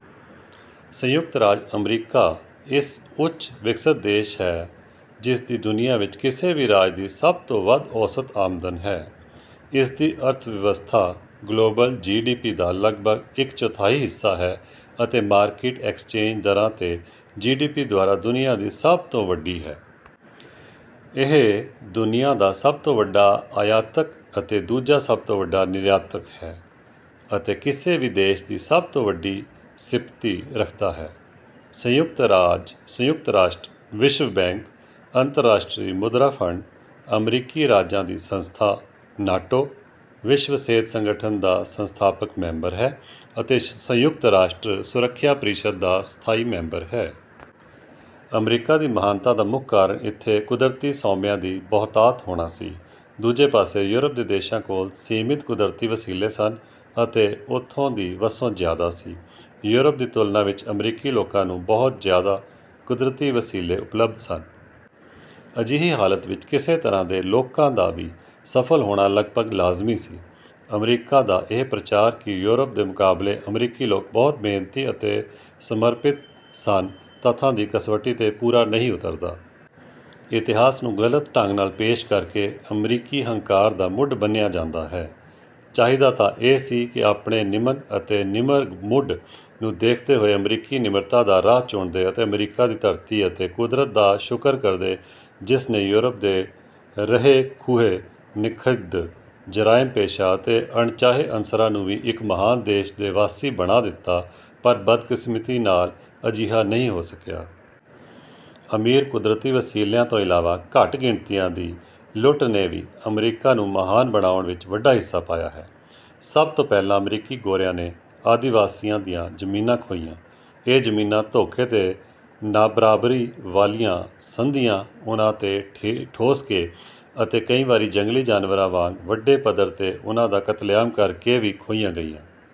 ਸੰਯੁਕਤ ਰਾਜ ਅਮਰੀਕਾ ਇੱਕ ਉੱਚ ਵਿਕਸਤ ਦੇਸ਼ ਹੈ ਜਿਸਦੀ ਦੁਨੀਆ ਵਿੱਚ ਕਿਸੇ ਵੀ ਰਾਜ ਦੀ ਸਭ ਤੋਂ ਵੱਧ ਔਸਤ ਆਮਦਨ ਹੈ। ਇਸਦੀ ਅਰਥਵਿਵਸਥਾ ਗਲੋਬਲ ਜੀਡੀਪੀ ਦਾ ਲਗਭਗ ਇੱਕ ਚੌਥਾਈ ਹਿੱਸਾ ਹੈ ਅਤੇ ਮਾਰਕੀਟ ਐਕਸਚੇਂਜ ਦਰਾਂ 'ਤੇ ਜੀਡੀਪੀ ਦੁਆਰਾ ਦੁਨੀਆ ਦੀ ਸਭ ਤੋਂ ਵੱਡੀ ਹੈ। ਇਹ ਦੁਨੀਆ ਦਾ ਸਭ ਤੋਂ ਵੱਡਾ ਆਯਾਤਕ ਅਤੇ ਦੂਜਾ ਸਭ ਤੋਂ ਵੱਡਾ ਨਿਰਯਾਤਕ ਹੈ, ਅਤੇ ਕਿਸੇ ਵੀ ਦੇਸ਼ ਦੀ ਸਭ ਤੋਂ ਵੱਡੀ ਸੰਪੱਤੀ ਰੱਖਦਾ ਹੈ। ਸੰਯੁਕਤ ਰਾਜ ਸੰਯੁਕਤ ਰਾਸ਼ਟਰ, ਵਿਸ਼ਵ ਬੈਂਕ, ਅੰਤਰਰਾਸ਼ਟਰੀ ਮੁਦਰਾ ਫੰਡ, ਅਮਰੀਕੀ ਰਾਜਾਂ ਦੀ ਸੰਸਥਾ, ਨਾਟੋ, ਵਿਸ਼ਵ ਸਿਹਤ ਸੰਗਠਨ ਦਾ ਸੰਸਥਾਪਕ ਮੈਂਬਰ ਹੈ, ਅਤੇ ਸੰਯੁਕਤ ਰਾਸ਼ਟਰ ਸੁਰੱਖਿਆ ਪ੍ਰੀਸ਼ਦ ਦਾ ਸਥਾਈ ਮੈਂਬਰ ਹੈ। ਅਮਰੀਕਾ ਦੀ ਮਹਾਨਤਾ ਦਾ ਮੁੱਖ ਕਾਰਨ ਇੱਥੇ ਕੁਦਰਤੀ ਸੋਮਿਆਂ ਦੀ ਬਹੁਤਾਤ ਹੋਣਾ ਸੀ। ਦੂਜੇ ਪਾਸੇ ਯੂਰਪ ਦੇ ਦੇਸ਼ਾਂ ਕੋਲ ਸੀਮਿਤ ਕੁਦਰਤੀ ਵਸੀਲੇ ਸਨ ਅਤੇ ਉਥੋਂ ਦੀ ਵਸੋਂ ਜ਼ਿਆਦਾ ਸੀ। ਯੂਰਪ ਦੀ ਤੁਲਨਾ ਵਿੱਚ ਅਮਰੀਕੀ ਲੋਕਾਂ ਨੂੰ ਬਹੁਤ ਜ਼ਿਆਦਾ ਕਦਰਤੀ ਵਸੀਲੇ ਉਪਲਬਧ ਸਨ। ਅਜਿਹੀ ਹਾਲਤ ਵਿੱਚ ਕਿਸੇ ਤਰ੍ਹਾਂ ਦੇ ਲੋਕਾਂ ਦਾ ਵੀ ਸਫ਼ਲ ਹੋਣਾ ਲਗਪਗ ਲਾਜ਼ਮੀ ਸੀ। ਅਮਰੀਕਾ ਦਾ ਇਹ ਪ੍ਰਚਾਰ ਕਿ ਯੂਰਪ ਦੇ ਮੁਕਾਬਲੇ ਅਮਰੀਕੀ ਲੋਕ ਬਹੁਤ ਮਿਹਨਤੀ ਅਤੇ ਸਮਰਪਿਤ ਸਨ ਤੱਥਾਂ ਦੀ ਕਸਵਟੀ 'ਤੇ ਪੂਰਾ ਨਹੀਂ ਉਤਰਦਾ। ਇਤਿਹਾਸ ਨੂੰ ਗਲਤ ਢੰਗ ਨਾਲ ਪੇਸ਼ ਕਰਕੇ ਅਮਰੀਕੀ ਹੰਕਾਰ ਦਾ ਮੁੱਢ ਬੰਨਿ੍ਹਆ ਜਾਂਦਾ ਹੈ। ਚਾਹੀਦਾ ਤਾਂ ਇਹ ਸੀ ਕਿ ਆਪਣੇ ਨਿਮਨ ਅਤੇ ਨਿਮਰ ਮੁੱਢ ਨੂੰ ਦੇਖਦੇ ਹੋਏ ਅਮੀਰਕੀ ਨਿਮਰਤਾ ਦਾ ਰਾਹ ਚੁਣਦੇ ਅਤੇ ਅਮਰੀਕਾ ਦੀ ਧਰਤੀ ਅਤੇ ਕੁਦਰਤ ਦਾ ਸ਼ੁਕਰ ਕਰਦੇ ਜਿਸ ਨੇ ਯੂਰਪ ਦੇ ਰਹੇ-ਖੁਹੇ, ਨਖਿੱਧ, ਜਰਾਇਮ ਪੇਸ਼ਾ ਅਤੇ ਅਣਚਾਹੇ ਅਨਸਰਾਂ ਨੂੰ ਵੀ ਇੱਕ ਮਹਾਨ ਦੇਸ਼ ਦੇ ਵਾਸੀ ਬਣਾ ਦਿੱਤਾ ਪਰ ਬਦਕਿਸਮਤੀ ਨਾਲ ਅਜਿਹਾ ਨਹੀਂ ਹੋ ਸਕਿਆ। ਅਮੀਰ ਕੁਦਰਤੀ ਵਸੀਲਿਆਂ ਤੋਂ ਇਲਾਵਾ ਘੱਟ ਗਿਣਤੀਆਂ ਦੀ ਲੁੱਟ ਨੇ ਵੀ ਅਮਰੀਕਾ ਨੂੰ ਮਹਾਨ ਬਣਾਉਣ ਵਿੱਚ ਵੱਡਾ ਹਿੱਸਾ ਪਇਆ ਹੈ। ਸਭ ਤੋਂ ਪਹਿਲਾਂ ਅਮਰੀਕੀ ਗੋਰਿਆਂ ਨੇ ਆਦਿਵਾਸੀਆਂ ਦੀਆਂ ਜ਼ਮੀਨਾਂ ਖੋਹੀਆਂ, ਇਹ ਜ਼ਮੀਨਾਂ ਧੋਖੇ ਤੇ ਨਾਬਰਾਬਰੀ ਵਾਲੀਆਂ ਸੰਧੀਆਂ ਉਨ੍ਹਾਂ 'ਤੇ ਠੋਸ ਕੇ ਅਤੇ ਕਈ ਵਾਰੀ ਜੰਗਲੀ ਜਾਨਵਰਾਂ ਵਾਂਗ ਵੱਡੇ ਪੱਧਰ 'ਤੇ ਉਨ੍ਹਾਂ ਦਾ ਕਤਲੇਆਮ ਕਰ ਕੇ ਵੀ ਖੋਹੀਆਂ ਗਈਆਂ।